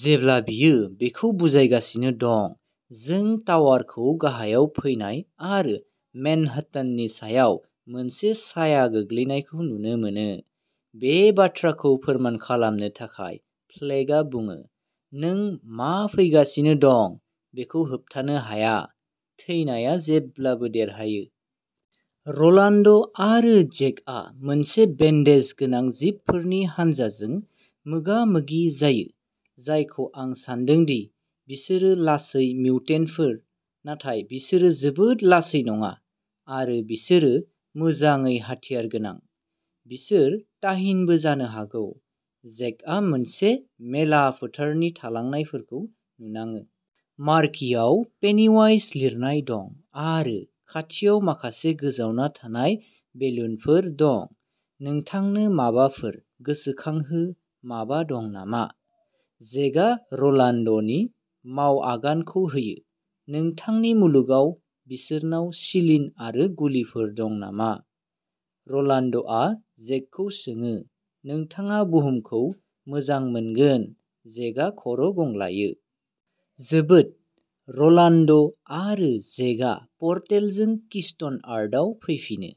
जेब्ला बियो बेखौ बुजायगासिनो दं, जों टावारखौ गाहायाव फैनाय आरो मेनहट्टननि सायाव मोनसे साया गोग्लैनायखौ नुनो मोनो। बे बाथ्राखौ फोरमान खालामनो थाखाय, फ्लेगआ बुङो, नों मा फैगासिनो दं बेखौ होबथानो हाया। थैनाया जेब्लाबो देरहायो। र'लान्ड आरो जेकआ मोनसे बेन्डेज गोनां जिबफोरनि हान्जाजों मोगा-मोगि जायो, जायखौ आं सान्दों दि बिसोरो लासै मिउटेन्टफोर, नाथाय बिसोरो जोबोद लासै नङा आरो बिसोरो मोजाङै हाथियारगोनां। बिसोर ताहिनबो जानो हागौ। जेकआ मोनसे मेला फोथारनि थालांनायफोरखौ नुनाङो। मार्कीआव पेनिवाइज लिरनाय दं आरो खाथियाव माखासे गोजावना थानाय बेलुनफोर दं। नोंथांनो माबाफोर गोसोखांहो माबा दं नामा? जेकआ र'लान्डनि मावआगानखौ होयो। नोंथांनि मुलुगाव बिसोरनाव सिलिन आरो गुलिफोर दं नामा? र'लान्डआ जेकखौ सोङो। नोंथाङा बुहुमखौ मोजां मोनगोन जेकआ खर' गंग्लायो। जोबोद, र'लान्ड आरो जेकआ पर्टेलजों किस्ट'न आर्थआव फैफिनो।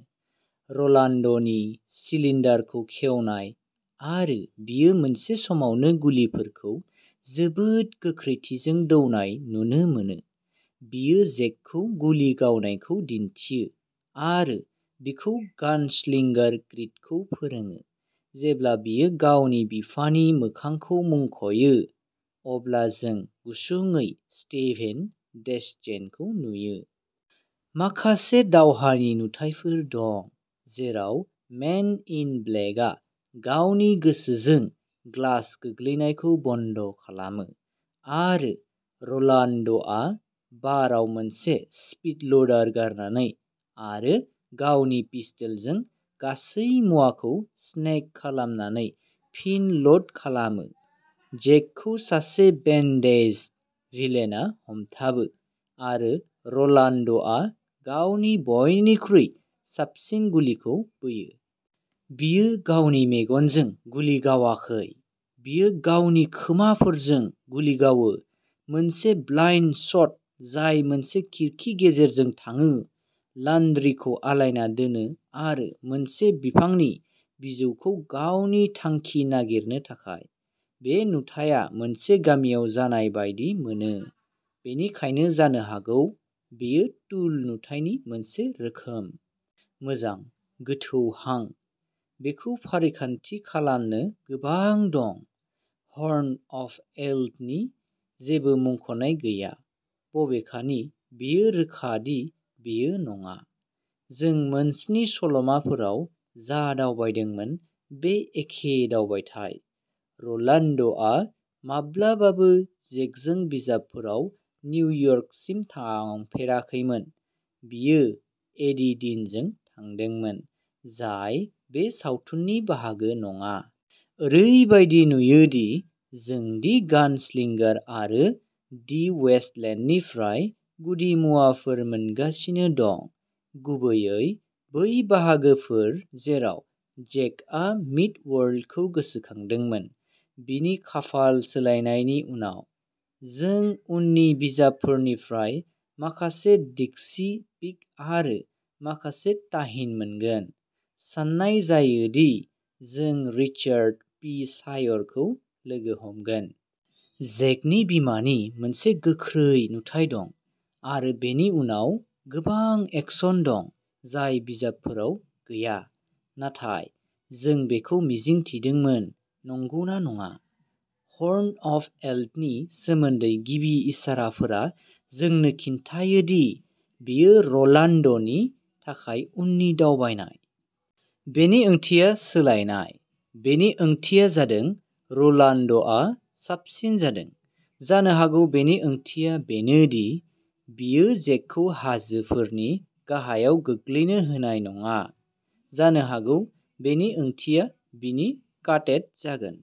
र'लान्डनि सिलिनडारखौ खेवनाय, आरो बियो मोनसे समावनो गुलिफोरखौ जोबोद गोख्रैथिजों दौनाय नुनो मोनो। बियो जेकखौ गुलि गावनायखौ दिन्थियो, आरो बिखौ गानस्लिंगार क्रीडखौ फोरोङो। जेब्ला बियो गावनि बिफानि मोखांखौ मुंख'यो, अब्ला जों गुसुंयै स्टेभेन डेसटेनखौ नुयो। माखासे दावहानि नुथाइफोर दं जेराव मेन इन ब्लेकआ गावनि गोसोजों ग्लास गोग्लैनायखौ बन्द' खालामो आरो र'लान्डआ बाराव मोनसे स्पीड-ल'डार गारनानै आरो गावनि पिस्तोलजों गासै मुवाखौ स्नेग खालामनानै फिन ल'ड खालामो। जेकखौ सासे बेन्डेजड भिलेनआ हमथाबो आरो र'लान्डआ गावनि बयनिख्रुइ साबसिन गुलिखौ बोयो। बियो गावनि मेगनजों गुलि गावाखै बियो गावनि खोमाफोरजों गुलि गावो, मोनसे ब्लाइन्ड शट जाय मोनसे खिरखि गेजेरजों थाङो, लान्ड्रिखौ आलायना दोनो आरो मोनसे बिफांनि बिजौखौ गावनि थांखि नागिरनो थाखाय। बे नुथाया मोनसे गामियाव जानाय बायदि मोनो, बेनिखायनो जानो हागौ बेयो टुल नुथायनि मोनसे रोखोम। मोजां, गोथौ हां। बेखौ फारिखान्थि खालामनो गोबां दं। हर्न अफ एल्डनि जेबो मुंख'नाय गैया, बबेखानि बेयो रोखा दि बेयो नङा। जों मोनस्नि सल'माफोराव जा दावबायदोंमोन बे एखे दावबायथाय। र'लान्डआ माब्लाबाबो जेकजों बिजाबफोराव निउयर्कसिम थाफेराखैमोन बियो एडि डीनजों थांदोंमोन, जाय बे सावथुननि बाहागो नङा। ओरैबायदि नुयोदि जों दि गानस्लिंगार आरो दि वेस्टलेन्डनिफ्राय गुदिमुवाफोर मोनगासिनो दं, गुबैयै बै बाहागोफोर जेराव जेकआ मिड-वर्ल्डखौ गोसोखांदोंमोन बिनि खाफाल सोलायनायनि उनाव। जों उननि बिजाबफोरनिफ्राय माखासे डिक्सी पिग आरो माखासे ताहिन मोनगोन। सान्नाय जायो दि जों रिचार्ड पि सायरखौ लोगो हमगोन। जेकनि बिमानि मोनसे गोख्रै नुथाइ दं। आरो बेनि उनाव गोबां एक्शन दं जाय बिजाबफोराव गैया। नाथाय जों बेखौ मिजिं थिदोंमोन, नंगौना नङा? हर्न अफ एल्डनि सोमोन्दै गिबि इसाराफोरा जोंनो खिन्थायो दि बेयो र'लान्डनि थाखाय उननि दावबायनाय। बेनि ओंथिया सोलायनाय। बेनि ओंथिया जादों र'लान्डआ साबसिन जादों। जानो हागौ बेनि ओंथिया बेनोदि बियो जेकखौ हाजोफोरनि गाहायाव गोग्लैनो होनाय नङा। जानो हागौ बेनि ओंथिया बिनि का-टेट जागोन।